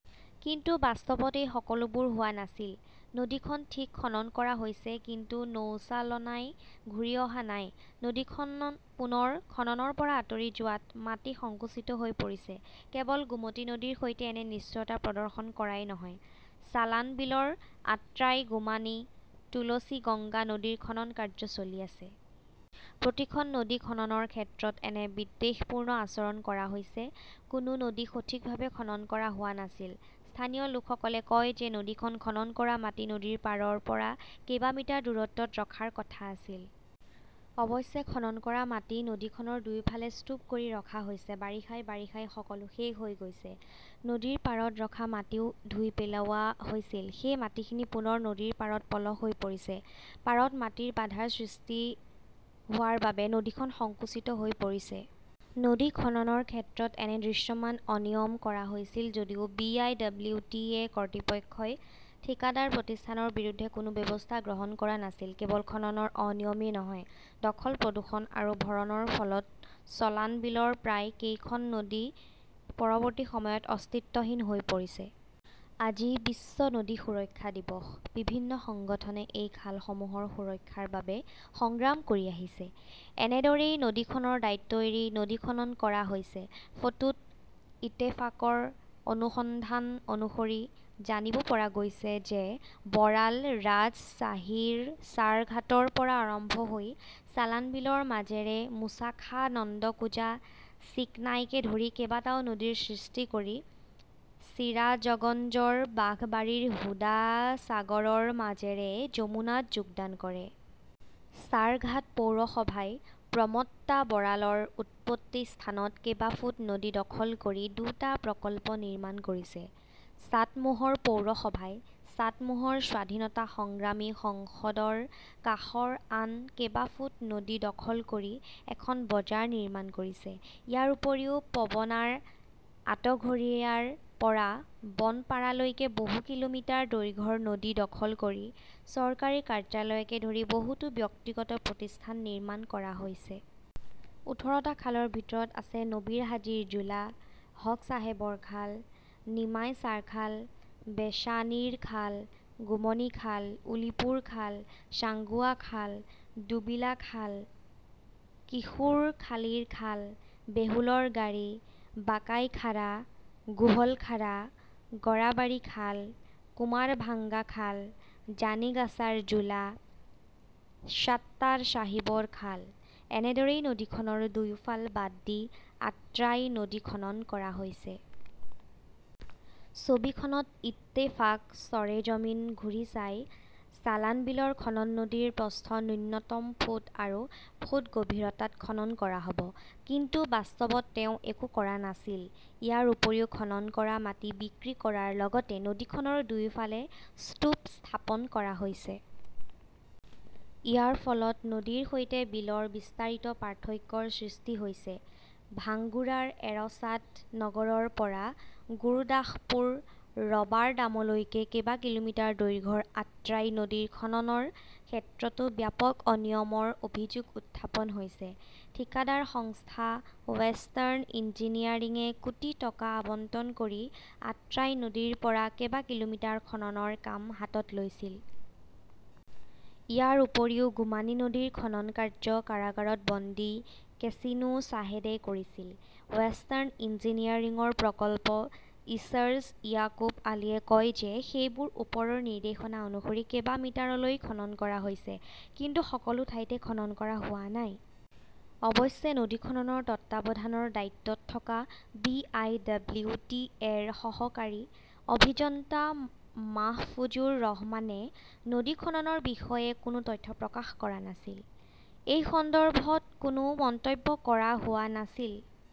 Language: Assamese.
কিন্তু বাস্তৱত এই সকলোবোৰ হোৱা নাছিল। নদীখন ঠিক খনন কৰা হৈছে কিন্তু নৌচালনাই ঘূৰি অহা নাই । নদীখন পুনৰ খননৰ পৰা আঁতৰি যোৱাত মাটি সংকুচিত হৈ পৰিছে। কেৱল গোমতী নদীৰ সৈতে এনে নিষ্ঠুৰতা প্ৰদৰ্শন কৰাই নহয় চলানবিলৰ আট্ৰাই, গুমানী, তুলচিগঙ্গা নদীৰ খনন কাৰ্য চলি আছে। প্ৰতিখন নদী খননৰ ক্ষেত্ৰত এনে বিদ্বেষপূৰ্ণ আচৰণ কৰা হৈছে। কোনো নদী সঠিকভাৱে খনন কৰা হোৱা নাছিল। স্থানীয় লোকসকলে কয় যে নদীখন খনন কৰা মাটি নদীৰ পাৰৰ পৰা কেবা মিটাৰ দূৰত্বত ৰখাৰ কথা আছিল। অৱশ্যে, খনন কৰা মাটি নদীখনৰ দুয়োফালে স্তূপ কৰি ৰখা হৈছে। বাৰিষাই বাৰিষাই সকলো শেষ হৈ গৈছে। নদীৰ পাৰত ৰখা মাটিও ধুই পেলোৱা হৈছিল। সেই মাটিখিনি পুনৰ নদীৰ পাৰত পলস হৈ পৰিছে। পাৰত মাটিৰ বাধাৰ সৃষ্টি হোৱাৰ বাবে নদীখন সংকুচিত হৈ পৰিছে। নদী খননৰ ক্ষেত্ৰত এনে দৃশ্যমান অনিয়ম কৰা হৈছিল যদিও B. I. W. T. A. কৰ্তৃপক্ষই ঠিকাদাৰ প্ৰতিষ্ঠানৰ বিৰুদ্ধে কোনো ব্যৱস্থা গ্ৰহণ কৰা নাছিল। কেৱল খননৰ অনিয়মেই নহয়, দখল-প্ৰদূষণ আৰু ভৰণৰ ফলত চলানবিলৰ প্ৰায় কেইখন নদী পৰৱৰ্তী সময়ত অস্তিত্বহীন হৈ পৰিছে। আজি বিশ্ব নদী সুৰক্ষা দিৱস। বিভিন্ন সংগঠনে এই খালসমূহৰ সুৰক্ষাৰ বাবে সংগ্ৰাম কৰি আহিছে। এনেদৰেই নদীখনৰ দায়িত্ব এৰি নদী খনন কৰা হৈছে। ফটোত ইত্তেফাকৰ অনুসন্ধান অনুসৰি জানিব পৰা গৈছে যে বৰাল ৰাজশ্বাহীৰ চাৰঘাটৰ পৰা আৰম্ভ হৈ চলানবিলৰ মাজেৰে মুছাখা, নন্দকুজা, চিকনাইকে ধৰি কেইবাটাও নদীৰ সৃষ্টি কৰি চিৰাজগঞ্জৰ বাঘবাৰীৰ হুদাচাগৰৰ মাজেৰে যমুনাত যোগদান কৰে। চাৰঘাট পৌৰসভাই প্ৰমট্টা বৰালৰ উৎপত্তি স্থানত কেবা ফুট নদী দখল কৰি দুটা প্ৰকল্প নিৰ্মাণ কৰিছে। চাটমোহৰ পৌৰসভাই চাটমোহৰ স্বাধীনতা সংগ্ৰামী সংসদৰ কাষৰ আন কেবা ফুট নদী দখল কৰি এখন বজাৰ নিৰ্মাণ কৰিছে। ইয়াৰ উপৰিও পবনাৰ আটঘৰিয়াৰ পৰা বনপাৰালৈকে বহু কিলোমিটাৰ দৈৰ্ঘ্যৰ নদী দখল কৰি চৰকাৰী কাৰ্যালয়কে ধৰি বহুতো ব্যক্তিগত প্ৰতিষ্ঠান নিৰ্মাণ কৰা হৈছে। ওঠৰ টা খালৰ ভিতৰত আছে নবীৰহাজীৰ জোলা, হকছাহেবৰ খাল, নিমাইচাৰখাল, বেশানীৰখাল, গুমনীখাল, উলিপুৰখাল, সাঙ্গুৱাখাল, দোবিলাখাল, কিশোৰখালীৰ খাল, বেহুলৰখাড়ী, বাকাইখাড়া, গোহলখাড়া, গৰাবাৰী খাল, কুমাৰভাঙ্গাখাল, জানিগাছাৰ জোলা, সাত্টাৰ চাহিবৰ খাল । এনেদৰেই নদীখনৰ দুয়োফাল বাদ দি আট্ৰাই নদী খনন কৰা হৈছে। ছবিখনত ইত্তেফাক সৰেজমিন ঘূৰি চাই, চলানবিলৰ খনন নদীৰ প্ৰস্থ ন্যূনতম ফুট আৰু ফুট গভীৰতাত খনন কৰা হব। কিন্তু বাস্তৱত তেওঁ একো কৰা নাছিল। ইয়াৰ উপৰিও খনন কৰা মাটি বিক্ৰী কৰাৰ লগতে নদীখনৰ দুয়োফালে স্তূপ স্থাপন কৰা হৈছে। ইয়াৰ ফলত নদীৰ সৈতে বিলৰ বিস্তাৰিত পাৰ্থক্যৰ সৃষ্টি হৈছে। ভাঙ্গুৰাৰ এৰশ্বাদ নগৰৰ পৰা গুৰদাসপুৰ ৰবাৰডামলৈকে কেবা কিলোমিটাৰ দৈৰ্ঘ্যৰ আট্ৰাই নদীৰ খননৰ ক্ষেত্ৰতো ব্যাপক অনিয়মৰ অভিযোগ উত্থাপন হৈছে। ঠিকাদাৰ সংস্থা ৱেষ্টাৰ্ণ ইঞ্জিনিয়াৰিঙে কোটি টকা আবণ্টন কৰি আট্ৰাই নদীৰ পৰা কেবা কিলোমিটাৰ খননৰ কাম হাতত লৈছিল। ইয়াৰ উপৰিও গুমানী নদীৰ খনন কাৰ্য কাৰাগাৰত বন্দী কেছিনো শ্বাহেদে কৰিছিল। ৱেষ্টাৰ্ণ ইঞ্জিনিয়াৰিংৰ প্ৰকল্প ইচাৰ্জ ইয়াকুব আলীয়ে কয় যে সেইবোৰ ওপৰৰ নিৰ্দেশনা অনুসৰি কেবা মিটাৰলৈ খনন কৰা হৈছে। কিন্তু সকলো ঠাইতে খনন কৰা হোৱা নাই। অৱশ্যে, নদী খননৰ তত্বাৱধানৰ দায়িত্বত থকা B. I. W. T. A. ৰ সহকাৰী অভিযন্তা মাহফুজুৰ ৰহমানে নদী খননৰ বিষয়ে কোনো তথ্য প্ৰকাশ কৰা নাছিল। এই সন্দৰ্ভত কোনো মন্তব্য কৰা হোৱা নাছিল।